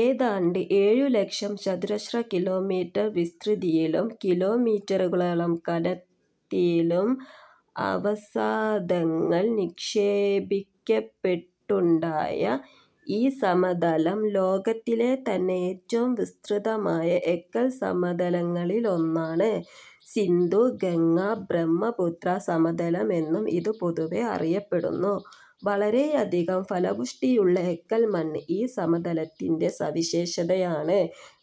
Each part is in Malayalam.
ഏതാണ്ട് ഏഴു ലക്ഷം ചതുരശ്ര കിലോ മീറ്റർ വിസ്തൃതിയിലും കിലോമീറ്ററുകളോളം കനത്തിലും അവസാദങ്ങൾ നിക്ഷേപിക്കപ്പെട്ടുണ്ടായ ഈ സമതലം ലോകത്തിലെതന്നെ ഏറ്റവും വിസ്തൃതമായ എക്കൽ സമതലങ്ങളിലൊന്നാണ്. സിന്ധു-ഗംഗ-ബ്രഹ്മ പുത്രാ സമതലം എന്നും ഇത് പൊതുവെ അറിയപ്പെടുന്നു. വളരെയധികം ഫലപുഷ്ടിയുള്ള എക്കൽമണ്ണ് ഈ സമതലത്തിന്റെ സവിശേഷതയാണ്.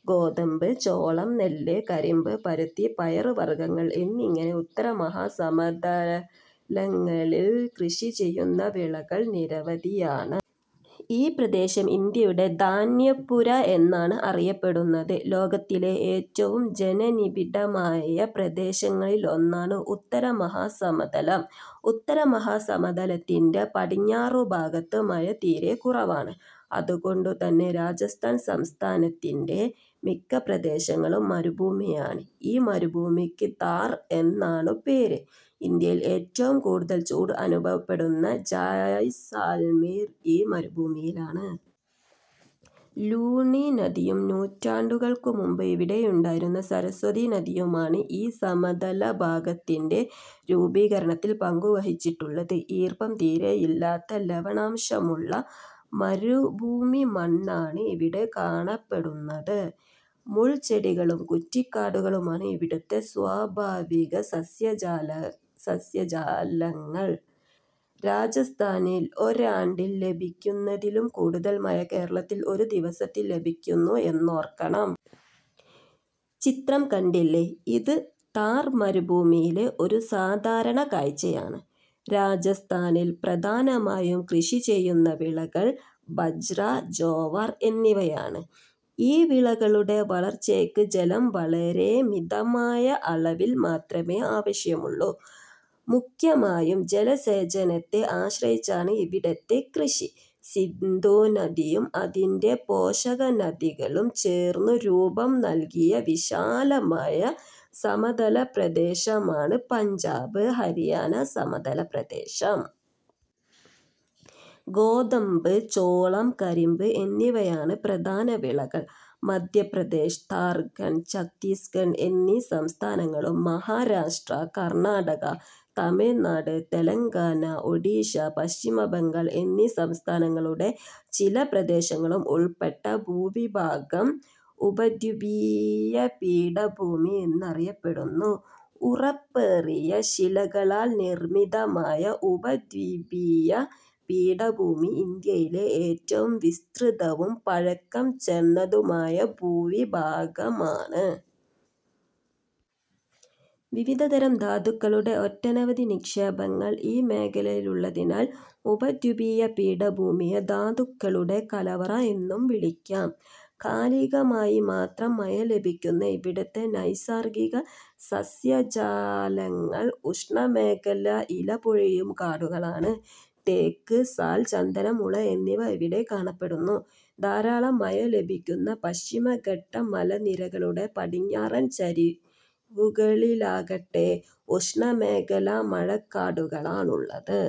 ഗോതമ്പ്, ചോളം, നെല്ല്, കരിമ്പ്, പരുത്തി, പയർവർഗങ്ങൾ എന്നിങ്ങനെ ഉത്തര മഹാസമതലങ്ങളിൽ കൃഷിചെയ്യുന്ന വിളകൾ നിരവധിയാണ്. ഈ പ്രദേശം ഇന്ത്യയുടെ ധാന്യപ്പുര എന്നാണ് അറിയപ്പെടുന്നത്. ലോകത്തിലെ ഏറ്റവും ജനനിബിഡമായ പ്രദേശങ്ങളിലൊന്നാണ് ഉത്തരമഹാസമതലം. ഉത്തരമഹാസമതലത്തിന്റെ പടിഞ്ഞാറു ഭാഗത്ത് മഴ തീരെ കുറവാണ്. അതു കൊണ്ടുതന്നെ രാജസ്ഥാൻ സംസ്ഥാനത്തിന്റെ മിക്ക പ്രദേശങ്ങളും മരു ഭൂമിയാണ്. ഈ മരുഭൂമിക്ക് ഥാർ എന്നാണ് പേര്. ഇന്ത്യയിൽ ഏറ്റവും കൂടുതൽ ചൂട് അനുഭവപ്പെടുന്ന ജയ്സാൽമിർ ഈ മരുഭൂമിയിലാണ്. ലൂണി നദിയും നൂറ്റാണ്ടുകൾക്കു മുമ്പ് ഇവിടെയുണ്ടായിരുന്ന സരസ്വതി നദിയുമാണ് ഈ സമതലഭാഗത്തിന്റെ രൂപീകരണത്തിൽ പങ്കു വഹിച്ചിട്ടു ള്ളത്. ഈർപ്പം തീരെയില്ലാത്ത ലവണാംശമുള്ള മരു ഭൂമിമണ്ണാണ് ഇവിടെ കാണപ്പെടുന്നത്. മുൾച്ചെടികളും കുറ്റിക്കാടുകളുമാണ് ഇവിടത്തെ സ്വാഭാവിക സസ്യജാലങ്ങൾ. രാജസ്ഥാനിൽ ഒരാണ്ടിൽ ലഭിക്കുന്നതിലും കൂടുതൽ മഴ കേരളത്തിൽ ഒരു ദിവസത്തിൽ ലഭിക്കുന്നു എന്നോർക്കണം. ചിത്രം കണ്ടില്ലേ. ഇത് ഥാർ മരുഭൂമിയിലെ ഒരു സാധാരണ കാഴ്ചയാണ്. രാജസ്ഥാനിൽ പ്രധാനമായും കൃഷിചെയ്യുന്ന വിളകൾ ബജ്റ, ജോവർ എന്നിവയാണ്. ഈ വിളകളുടെ വളർച്ചയ്ക്ക് ജലം വളരെ മിതമായ അളവിൽ മാത്രമേ ആവശ്യമുള്ളൂ. മുഖ്യമായും ജലസേചനത്തെ ആശ്രയിച്ചാണ് ഇവിടത്തെ കൃഷി. സിന്ധുനദിയും അതിന്റെ പോഷകനദികളും ചേർന്നു രൂപം നൽകിയ വിശാലമായ സമതലപ്രദേശമാണ് പഞ്ചാബ്, ഹരിയാന സമതല പ്രദേശം. ഗോതമ്പ്, ചോളം, കരിമ്പ് എന്നിവയാണ് പ്രധാന വിളകൾ. മധ്യപ്രദേശ്, ഝാർഖണ്ഡ്, ഛത്തീസ്ഗഡ് എന്നീ സംസ്ഥാനങ്ങളും മഹാരാഷ്ട്ര, കർണാടകം, തമിഴ്നാട്, തെലങ്കാന, ഒഡിഷ, പശ്ചിമബംഗാൾ എന്നീ സംസ്ഥാനങ്ങളുടെ ചില പ്രദേശങ്ങളും ഉൾപ്പെട്ട ഭൂവിഭാഗം ഉപദ്വീപീയ പീഠഭൂമി എന്നറിയപ്പെടുന്നു. ഉറപ്പേറിയ ശിലകളാൽ നിർമിതമായ ഉപദ്വീപീയ പീഠഭൂമി ഇന്ത്യയിലെ ഏറ്റവും വിസ്തൃതവും പഴക്കം ചെന്നതുമായ ഭൂവിഭാഗമാണ്. വിവിധതരം ധാതു ക്കളുടെ ഒട്ടനവധി നിക്ഷേപങ്ങൾ ഈ മേഖലയിലുള്ളതിനാൽ ഉപദ്വീപീയ പീഠഭൂമിയെ ""ധാതുക്കളുടെ കലവറ' എന്നും വിളിക്കാം. കാലികമായി മാത്രം മഴ ലഭിക്കുന്ന ഇവിടത്തെ നൈസർഗിക സസ്യജാലങ്ങൾ ഉഷ്ണമേഖലാ ഇലപൊഴിയും കാടുകളാണ്. തേക്ക്, സാൽ, ചന്ദനം, മുള എന്നിവ ഇവിടെ കാണപ്പെടുന്നു. ധാരാളം മഴ ലഭിക്കുന്ന പശ്ചിമഘട്ട മലനിരകളുടെ പടിഞ്ഞാറൻ ചരിവുകളിലാകട്ടെ, ഉഷ്ണമേഖലാ മഴക്കാടുകളാണുള്ളത്.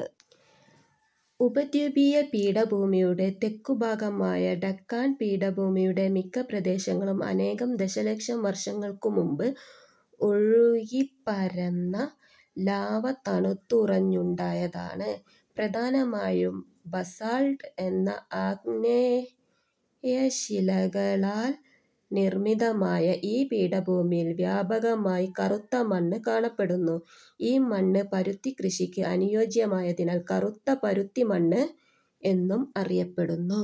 ഉപദ്വീപീയ പീഠഭൂമിയുടെ തെക്കുഭാഗമായ ഡക്കാൺ പീഠഭൂമിയുടെ മിക്ക പ്രദേശങ്ങളും അനേകം ദശലക്ഷം വർഷങ്ങൾക്കു മുമ്പ് ഒഴുകിപ്പരന്ന ലാവ തണുത്തുറഞ്ഞുണ്ടായതാണ്. പ്രധാനമായും ബസാൾട്ട് എന്ന ആഗ്നേയശിലകളാൽ നിർമിതമായ ഈ പീഠഭൂമിയിൽ വ്യാപകമായി കറുത്ത മണ്ണ് കാണപ്പെടുന്നു. ഈ മണ്ണ് പരുത്തിക്കൃഷിക്ക് അനുയോജ്യമായതിനാൽ "കറുത്ത പരുത്തിമണ്ണ്' എന്നും അറിയപ്പെടുന്നു.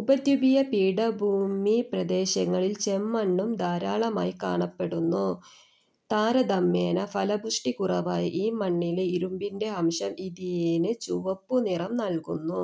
ഉപദ്വീപീയ പീഠഭൂമിപ്രദേശങ്ങളിൽ ചെമ്മണ്ണും ധാരാളമായി കാണപ്പെടുന്നു. താരതമ്യേന ഫലപുഷ്ടി കുറവായ ഈ മണ്ണിലെ ഇരുമ്പിന്റെ അംശം ഇതിന് ചുവപ്പുനിറം നൽകുന്നു.